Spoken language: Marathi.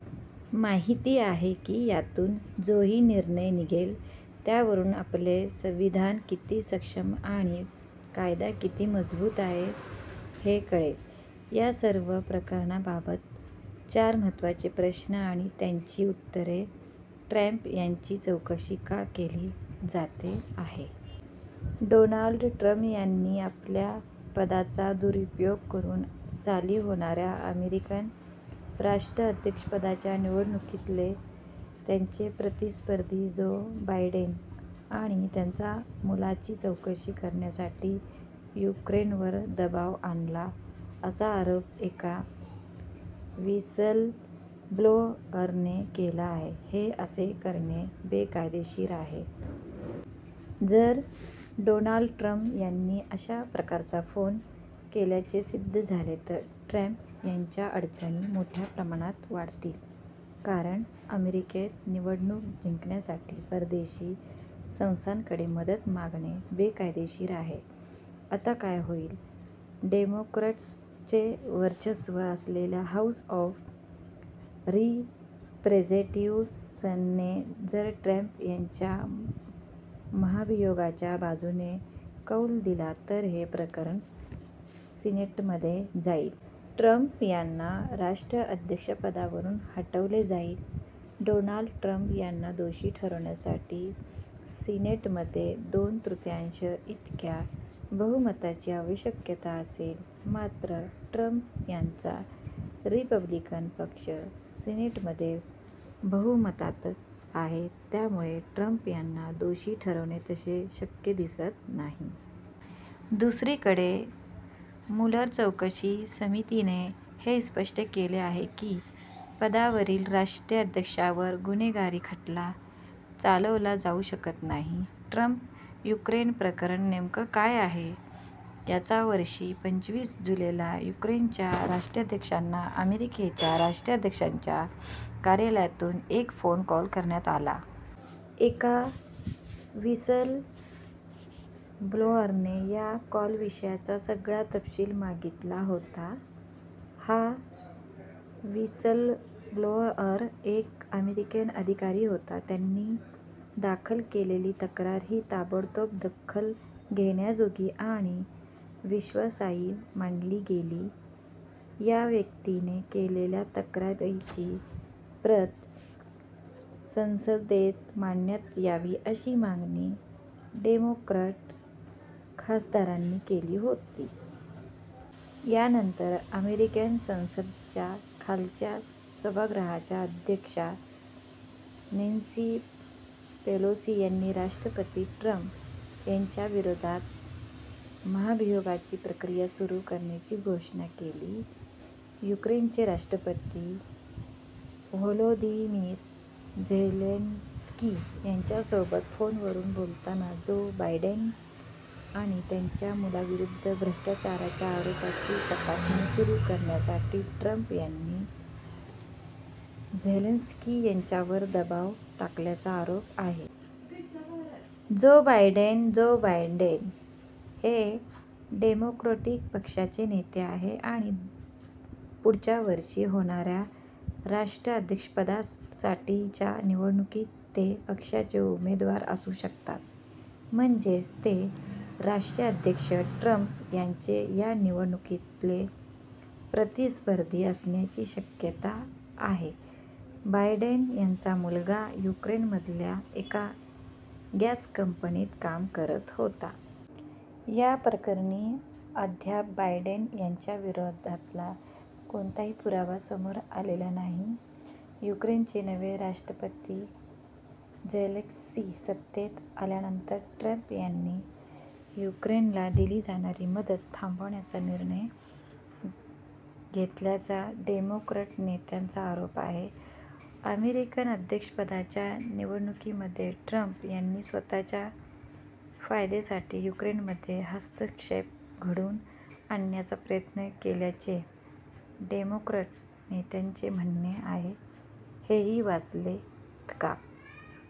माहिती आहे की यातून जोही निर्णय निघेल, त्यावरून आपले संविधान किती सक्षम आणि कायदा किती मजबूत आहे, हे कळेल. या सर्व प्रकरणाबाबत चार महत्त्वाचे प्रश्न आणि त्यांची उत्तरे: ट्रम्प यांची चौकशी का केली जाते आहे? डोनाल्ड ट्रम्प यांनी आपल्या पदाचा दुरुपयोग करून, साली होणाऱ्या अमेरिकन राष्ट्राध्यक्षपदाच्या निवडणुकीतले त्यांचे प्रतिस्पर्धी जो बायडेन आणि त्यांच्या मुलाची चौकशी करण्यासाठी युक्रेनवर दबाव आणला, असा आरोप एका व्हिसलब्लोअरने केला आहे. हे असे करणे बेकायदेशीर आहे? जर डोनाल्ड ट्रम्प यांनी अशा प्रकारचा फोन केल्याचे सिद्ध झाले तर ट्रम्प यांच्या अडचणी मोठ्या प्रमाणात वाढतील. कारण अमेरिकेत निवडणूक जिंकण्यासाठी परदेशी संस्थांकडे मदत मागणे बेकायदेशीर आहे. आता काय होईल? डेमोक्रॅट्सचे वर्चस्व असलेल्या हाऊस ऑफ रिप्रेझेंटेटिव्ह्सने जर ट्रम्प यांच्या महाभियोगाच्या बाजूने कौल दिला, तर हे प्रकरण सिनेटमध्ये जाईल. ट्रम्प यांना राष्ट्राध्यक्षपदावरून हटवले जाईल? डोनाल्ड ट्रम्प यांना दोषी ठरवण्यासाठी सिनेटमध्ये दोन तृतीयांश इतक्या बहुमताची आवश्यकता असेल. मात्र ट्रम्प यांचा रिपब्लिकन पक्ष सिनेटमध्ये बहुमतात आहे. त्यामुळे ट्रम्प यांना दोषी ठरवणे तसे शक्य दिसत नाही. दुसरीकडे, मुलर चौकशी समितीने हे स्पष्ट केले आहे की, पदावरील राष्ट्राध्यक्षावर गुन्हेगारी खटला चालवला जाऊ शकत नाही. ट्रम्प-युक्रेन प्रकरण नेमकं काय आहे? याच वर्षी पंचवीस जुलैला युक्रेनच्या राष्ट्राध्यक्षांना अमेरिकेच्या राष्ट्राध्यक्षांच्या कार्यालयातून एक फोन कॉल करण्यात आला. एका व्हिसलब्लोअरने या कॉलविषयीचा सगळा तपशील मागितला होता. हा व्हिसलब्लोअर एक अमेरिकन अधिकारी होता. त्यांनी दाखल केलेली तक्रार ही 'ताबडतोब दखल घेण्याजोगी' आणि विश्वासार्ह मानली गेली. या व्यक्तीने केलेल्या तक्रारीची प्रत संसदेत मांडण्यात यावी अशी मागणी डेमोक्रॅट खासदारांनी केली होती. यानंतर अमेरिकन संसदेच्या खालच्या सभागृहाच्या अध्यक्षा नॅन्सी पेलोसी यांनी राष्ट्रपती ट्रम्प यांच्याविरोधात महाभियोगाची प्रक्रिया सुरू करण्याची घोषणा केली. युक्रेनचे राष्ट्रपती व्होलोदिमीर झेलेन्स्की यांच्यासोबत फोनवरून बोलताना जो बायडेन आणि त्यांच्या मुलाविरुद्ध भ्रष्टाचाराच्या आरोपांची तपासणी सुरू करण्यासाठी ट्रम्प यांनी झेलेन्स्की यांच्यावर दबाव टाकल्याचा आरोप आहे. जो बायडेन - जो बायडेन हे डेमोक्रॅटिक पक्षाचे नेते आहेत आणि पुढच्या वर्षी होणाऱ्या राष्ट्राध्यक्षपदासाठीच्या निवडणुकीत ते पक्षाचे उमेदवार असू शकतात. म्हणजेच ते राष्ट्राध्यक्ष ट्रम्प यांचे या निवडणुकीतले प्रतिस्पर्धी असण्याची शक्यता आहे. बायडेन यांचा मुलगा युक्रेनमधल्या एका गॅस कंपनीत काम करत होता. याप्रकरणी अद्याप बायडेन यांच्या विरोधातला कोणताही पुरावा समोर आलेला नाही. युक्रेनचे नवे राष्ट्रपती झेलेन्स्की सत्तेत आल्यानंतर ट्रम्प यांनी युक्रेनला दिली जाणारी मदत थांबवण्याचा निर्णय घेतल्याचा डेमोक्रॅट नेत्यांचा आरोप आहे. अमेरिकन अध्यक्षपदाच्या निवडणुकीमध्ये ट्रम्प यांनी स्वतःच्या फायद्यासाठी युक्रेनमध्ये हस्तक्षेप घडवून आणण्याचा प्रयत्न केल्याचे डेमोक्रॅट नेत्यांचे म्हणणे आहे. हेही वाचलेत का?